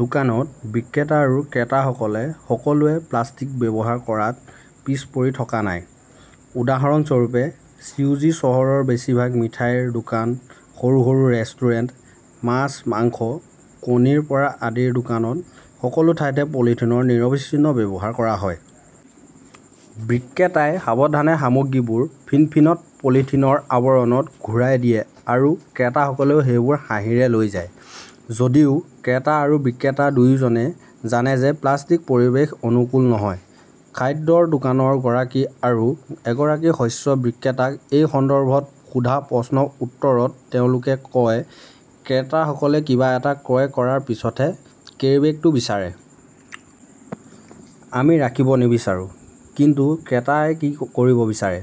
দোকানত বিক্ৰেতা আৰু ক্ৰেতাসকলে সকলোৱে প্লাষ্টিক ব্যৱহাৰ কৰাত পিছ পৰি থকা নাই। উদাহৰণস্বৰূপে, চিউডি চহৰৰ বেছিভাগ মিঠাইৰ দোকান, সৰু - সৰু ৰেষ্টুৰেণ্ট, মাছ, মাংস, কণীৰ পৰা আদিৰ দোকানত সকলো ঠাইতে পলিথিনৰ নিৰবিচ্ছিন্ন ব্যৱহাৰ কৰা হয়। বিক্ৰেতাই সাৱধানে সামগ্ৰীবোৰ ফিনফিনত পলিথিনৰ আৱৰণত ঘূৰাই দিয়ে আৰু ক্ৰেতাসকলেও সেইবোৰ হাঁহিৰে লৈ যায়। যদিও ক্ৰেতা আৰু বিক্ৰেতা দুয়োজনেই জানে যে প্লাষ্টিক পৰিৱেশ অনুকূল নহয়। খাদ্যৰ দোকানৰ গৰাকী আৰু এগৰাকী শস্য বিক্ৰেতাক এই সন্দৰ্ভত সোধা প্ৰশ্নৰ উত্তৰত তেওঁলোকে কয়, ক্ৰেতাসকলে কিবা এটা ক্ৰয় কৰাৰ পিছতহে কেৰীবেগটো বিচাৰে। আমি ৰাখিব নিবিচাৰো। কিন্তু ক্ৰেতাই কি কৰিব বিচাৰে।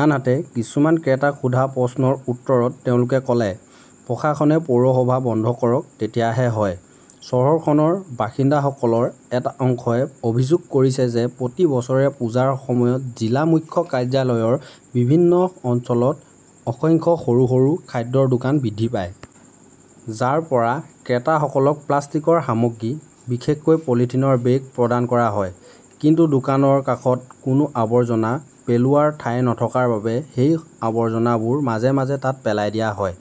আনহাতে কিছুমান ক্ৰেতাক সোধা প্ৰশ্নৰ উত্তৰত তেওঁলোকে কলে, প্ৰশাসনে পৌৰসভা বন্ধ কৰক তেতিয়াহে হয়। চহৰখনৰ বাসিন্দাসকলৰ এটা অংশই অভিযোগ কৰিছে যে প্ৰতি বছৰে পূজাৰ সময়ত জিলা মুখ্য কাৰ্যালয়ৰ বিভিন্ন অঞ্চলত অসংখ্য সৰু - সৰু খাদ্যৰ দোকান বৃদ্ধি পায়। যাৰ পৰা ক্ৰেতাসকলক প্লাষ্টিকৰ সামগ্ৰী, বিশেষকৈ পলিথিনৰ বেগ প্ৰদান কৰা হয়। কিন্তু দোকানৰ কাষত কোনো আৱৰ্জনা পেলোৱাৰ ঠাই নথকাৰ বাবে সেই আৱৰ্জনাবোৰ মাজে - মাজে তাত পেলাই দিয়া হয়।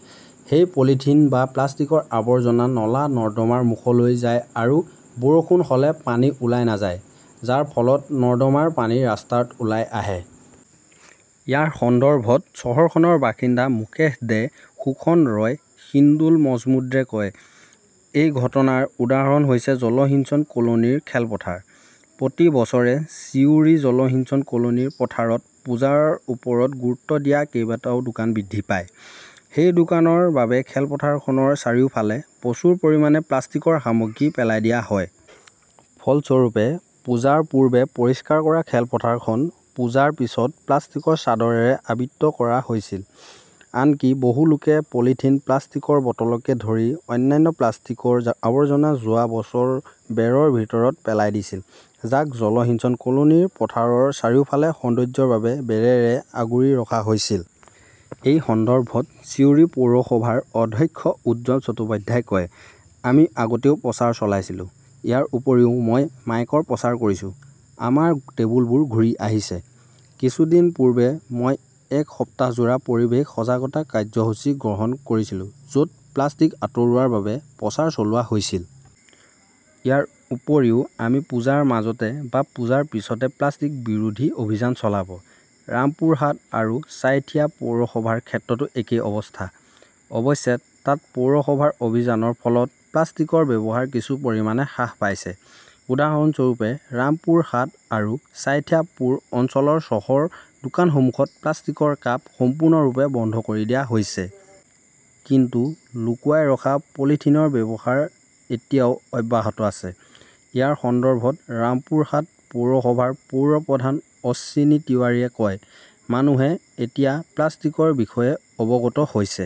সেই পলিথিন বা প্লাষ্টিকৰ আৱৰ্জনা নলা-নৰ্দমাৰ মুখলৈ যায় আৰু বৰষুণ হ'লে পানী ওলাই নাযায়, যাৰ ফলত নৰ্দমাৰ পানী ৰাস্তাত ওলাই আহে। ইয়াৰ সন্দৰ্ভত চহৰখনৰ বাসিন্দা মুকেশ দে, সোহন ৰয়, হিন্দোল মজমুদ্ৰে কয়, এই ঘটনাৰ উদাহৰণ হৈছে জলসিঞ্চন কলোনীৰ খেলপথাৰ। প্ৰতি বছৰে চিউৰি জলসিঞ্চন কলোনীৰ পথাৰত পূজাৰ ওপৰত গুৰুত্ব দিয়া কেইবাটাও দোকান বৃদ্ধি পায়। সেই দোকানৰ বাবে খেলপথাৰখনৰ চাৰিওফালে প্ৰচুৰ পৰিমাণে প্লাষ্টিকৰ সামগ্ৰী পেলাই দিয়া হয়। ফলস্বৰূপে, পূজাৰ পূৰ্বে পৰিষ্কাৰ কৰা খেলপথাৰখন পূজাৰ পিছত প্লাষ্টিকৰ চাদৰেৰে আবৃত কৰা হৈছিল। আনকি বহু লোকে পলিথিন, প্লাষ্টিকৰ বটলকে ধৰি অন্যান্য প্লাষ্টিকৰ আৱৰ্জনা যোৱা বছৰ বেৰৰ ভিতৰত পেলাই দিছিল, যাক জলসিঞ্চন কলোনীৰ পথাৰৰ চাৰিওফালে সৌন্দৰ্য্যৰ বাবে বেৰেৰে আগুৰি ৰখা হৈছিল। এই সন্দৰ্ভত চিউৰি পৌৰসভাৰ অধ্যক্ষ উজ্জ্বল চট্টোপাধ্যায়ই কয়, আমি আগতেও প্ৰচাৰ চলাইছিলো। ইয়াৰ উপৰিও মই মাইকৰ প্ৰচাৰ কৰিছো। আমাৰ টেবুলবোৰ ঘূৰি আহিছে। কিছুদিন পূৰ্বে মই এক সপ্তাহজোৰা পৰিৱেশ সজাগতা কাৰ্যসূচী গ্ৰহণ কৰিছিলো য 'ত প্লাষ্টিক আতৰোৱাৰ বাবে প্ৰচাৰ চলোৱা হৈছিল। ইয়াৰ উপৰিও আমি পূজাৰ মাজতে বা পূজাৰ পিছতে প্লাষ্টিক বিৰোধী অভিযান চলাব। ৰামপুৰহাট আৰু ছাইথিয়া পৌৰসভাৰ ক্ষেত্ৰতো একেই অৱস্থা। অৱশ্যে, তাত পৌৰসভাৰ অভিযানৰ ফলত প্লাষ্টিকৰ ব্যৱহাৰ কিছু পৰিমাণে হ্ৰাস পাইছে। উদাহৰণস্বৰূপে, ৰামপুৰহাট আৰু ছাইথিয়া পুৰ অঞ্চলৰ চাহৰ দোকানসমূহত প্লাষ্টিকৰ কাপ সম্পূৰ্ণৰূপে বন্ধ কৰি দিয়া হৈছে। কিন্তু লুকুৱাই ৰখা পলিথিনৰ ব্যৱহাৰ এতিয়াও অব্যাহত আছে। ইয়াৰ সন্দৰ্ভত ৰামপুৰহাট পৌৰসভাৰ পৌৰ প্ৰধান অশ্বিনী তিৱাৰীয়ে কয়, মানুহে এতিয়া প্লাষ্টিকৰ বিষয়ে অৱগত হৈছে।